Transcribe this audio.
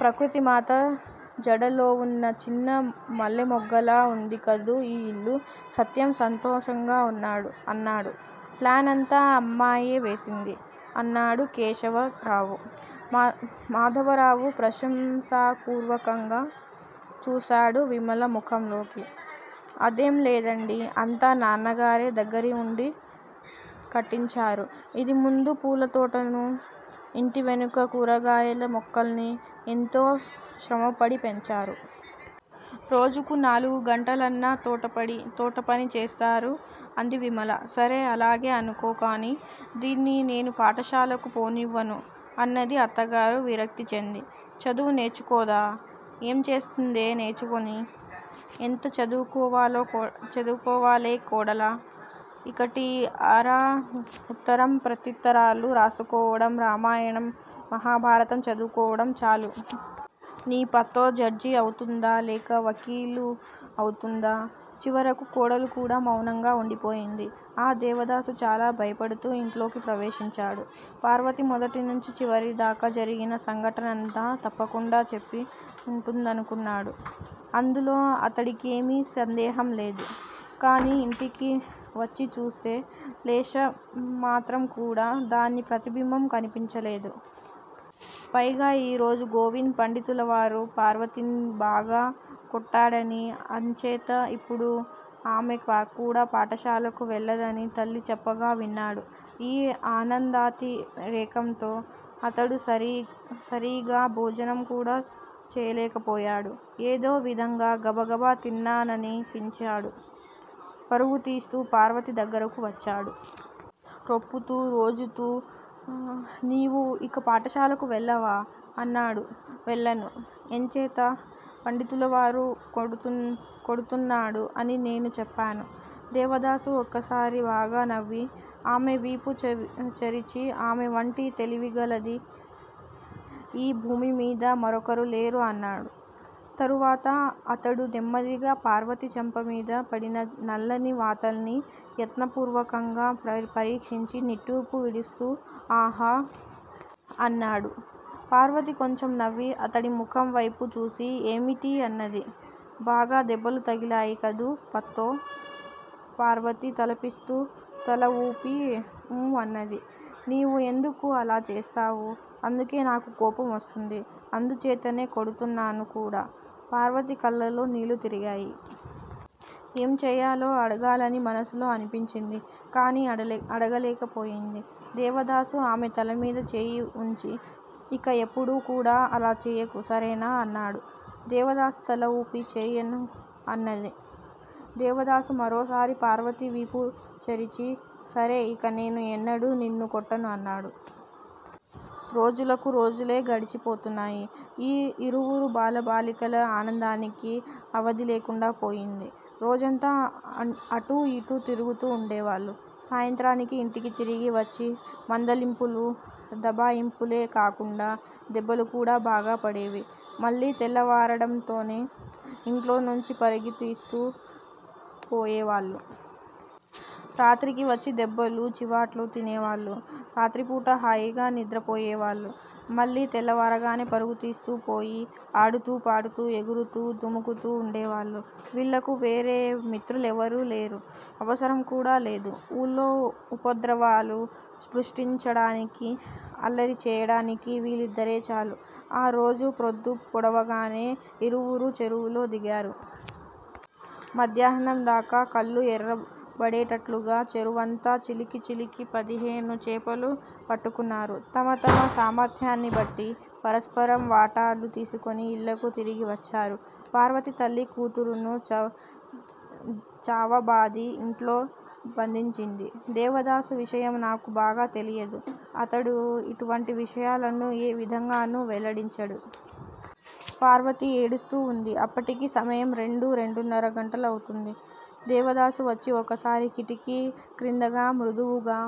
ప్రకృతిమాత జడలోవున్న చిన్న మల్లెమొగ్గలా ఉంది కదూ ఈ ఇల్లు? సత్యం సంతోషంగా అన్నాడు. ప్లానంతా అమ్మాయే వేసింది! అన్నాడు కేశవరావు. మాధవరావు ప్రశంసాపూర్వకంగా చూశాడు విమల ముఖంలోకి. అదేం లేదండీ! అంతా నాన్నగారే దగ్గిరవుండి కట్టించారు. ఇంటి ముందు పూలతోటనూ, ఇంటి వెనుక కూరగాయల మొక్కల్నీ ఎంతో శ్రమపడి పెంచారు. రోజుకు నాలుగు గంటలన్నా తోటపని చేస్తారు అంది విమల. సరే అలాగే అనుకో. కాని దీన్ని నేను పాఠశాలకు పోనివ్వను అన్నది అత్తగారు విరక్తి చెంది. చదువు నేర్చుకోదా? ఏం చేస్తుందే నేర్చుకొని? ఎంత చదువుకోవాలే కోడలా? ఇకటీ అరా ఉత్తరం ప్రత్యుత్తరాలు రాసుకోవడం, రామాయణం, మహాభారతం చదువుకోవడం చాలు! నీ పత్తో జడ్జీ అవుతుందా లేక వకీలు అవుతుందా? చివరకు కోడలు కూడా మౌనంగా వుండిపోయింది. ఆ దేవదాసు చాలా భయపడుతూ ఇంట్లోకి ప్రవేశించాడు. పార్వతి మొదటి నుంచి చివరి దాకా జరిగిన సంఘటనంతా తప్పకుండా చెప్పి వుంటుందనుకున్నాడు. అందులో అతడికేమీ సందేహంలేదు. కాని ఇంటికి వచ్చిచూస్తే లేశ మాత్రం కూడా దాని ప్రతిబింబం కనిపించలేదు. పైగా ఈ రోజు గోవింద్ పండితులవారు పార్వతిని బాగా కొట్టాడనీ అంచేత ఇప్పుడు ఆమె కూడా పాఠశాలకు వెళ్ళదనీ తల్లి చెప్పగా విన్నాడు. ఈ ఆనందాతి రేకంతో అతడు సరీగా భోజనం కూడా చేయలేకపోయాడు. ఏదో విధంగా గబగబా తిన్నాననిపించాడు. పరుగుతీస్తూ పార్వతి దగ్గరకు వచ్చాడు. రొప్పుతూ, రోజుతూ నీవు ఇక పాఠశాలకు వెళ్ళవా? అన్నాడు. వెళ్ళను! ఎంచేత? పండితులవారు కొడుతున్నాడు అని నేను చెప్పాను. దేవదాసు ఒక్కసారి బాగా నవ్వి, ఆమె వీపు చరిచి ఆమె వంటి తెలివిగలది ఈ భూమిమీద మరొకరులేరు అన్నాడు. తరువాత అతడు నెమ్మదిగా పార్వతి చెంపమీద పడిన నల్లని వాతల్ని యత్నపూర్వకంగా పరీక్షించి నిట్టూర్పు విడుస్తూ ఆహా! అన్నాడు. పార్వతి కొంచెం నవ్వి అతడి ముఖం వైపు చూసి ఏమిటీ అన్నది. బాగా దెబ్బలు తగిలాయి గదూ పత్తో? పార్వతి తలవూపి ఊఁ అన్నది. నీవు యెందుకు అలా చేస్తావు? అందుకే నాకు కోపం వస్తుంది. అందుచేతనే కొడుతున్నాను కూడా. పార్వతి కళ్ళల్లో నీళ్ళు తిరిగాయి. ఏం చేయాలో అడగాలని మనసులో అనిపించింది. కాని అడగలేకపోయింది. దేవదాసు ఆమె తలమీద చేయి ఉంచి ఇక ఎప్పుడూ కూడా అలా చేయకు, సరేనా? అన్నాడు. దేవదాసు తలవూపి చేయను అన్నది. దేవదాసు మరోసారి పార్వతి వీపుచరిచి, సరే ఇక నేను ఎన్నడూ నిన్ను కొట్టను అన్నాడు. రోజులకు రోజులే గడిచిపోతున్నాయి. ఈ ఇరువురు బాల బాలికల ఆనందానికి అవధిలేకుండా పోయింది. రోజంతా అటూ ఇటూ తిరుగుతూ వుండేవాళ్ళు. సాయంత్రానికి ఇంటికి తిరిగి వచ్చి మందలింపులూ, దబాయింపులే కాకుండా దెబ్బలు కూడా బాగా పడేవి. మళ్ళీ తెల్లవారడంతోనే ఇంట్లో నుంచి పరుగుతీస్తూ పోయే వాళ్ళు. రాత్రికి వచ్చి దెబ్బలూ, చీవాట్లూ తినేవాళ్ళు. రాత్రిపూట హాయిగా నిద్రపోయేవాళ్ళు. మళ్ళీ తెల్లవారగానే పరుగుతీస్తూ పోయి ఆడుతూ, పాడుతూ, ఎగురుతూ, దుముకుతూ ఉండేవాళ్ళు. వీళ్ళకు వేరే మిత్రులెవరూలేరు. అవసరం కూడా లేదు. ఊళ్ళో ఉపద్రవాలు సృష్టించడానికీ, అల్లరి చేయడానికీ వీళ్ళిద్దరే చాలు. ఆ రోజు ప్రొద్దు పొడవగానే ఇరువురూ చెరువులో దిగారు. మధ్యాహ్నందాకా కళ్ళు ఎర్రబడేటట్లుగా చెరువంతా చిలికి చిలికి పదిహేను చేపలు పట్టుకున్నారు. తమ తమ సామర్ధ్యాన్ని బట్టి పరస్పరం వాటాలు తీసికొని ఇళ్ళకు తిరిగి వచ్చారు. పార్వతి తల్లి కూతురును చావబాది ఇంట్లో బంధించింది. దేవదాసు విషయం నాకు బాగా తెలియదు. అతడు ఇటువంటి విషయాలను ఏ విధంగానూ వెల్లడించడు. పార్వతి ఏడుస్తూ వుంది. అప్పటికి సమయం రెండూ, రెండున్నర గంటలవుతుంది. దేవదాసు వచ్చి ఒకసారి కిటికీ క్రిందగా మృదువుగా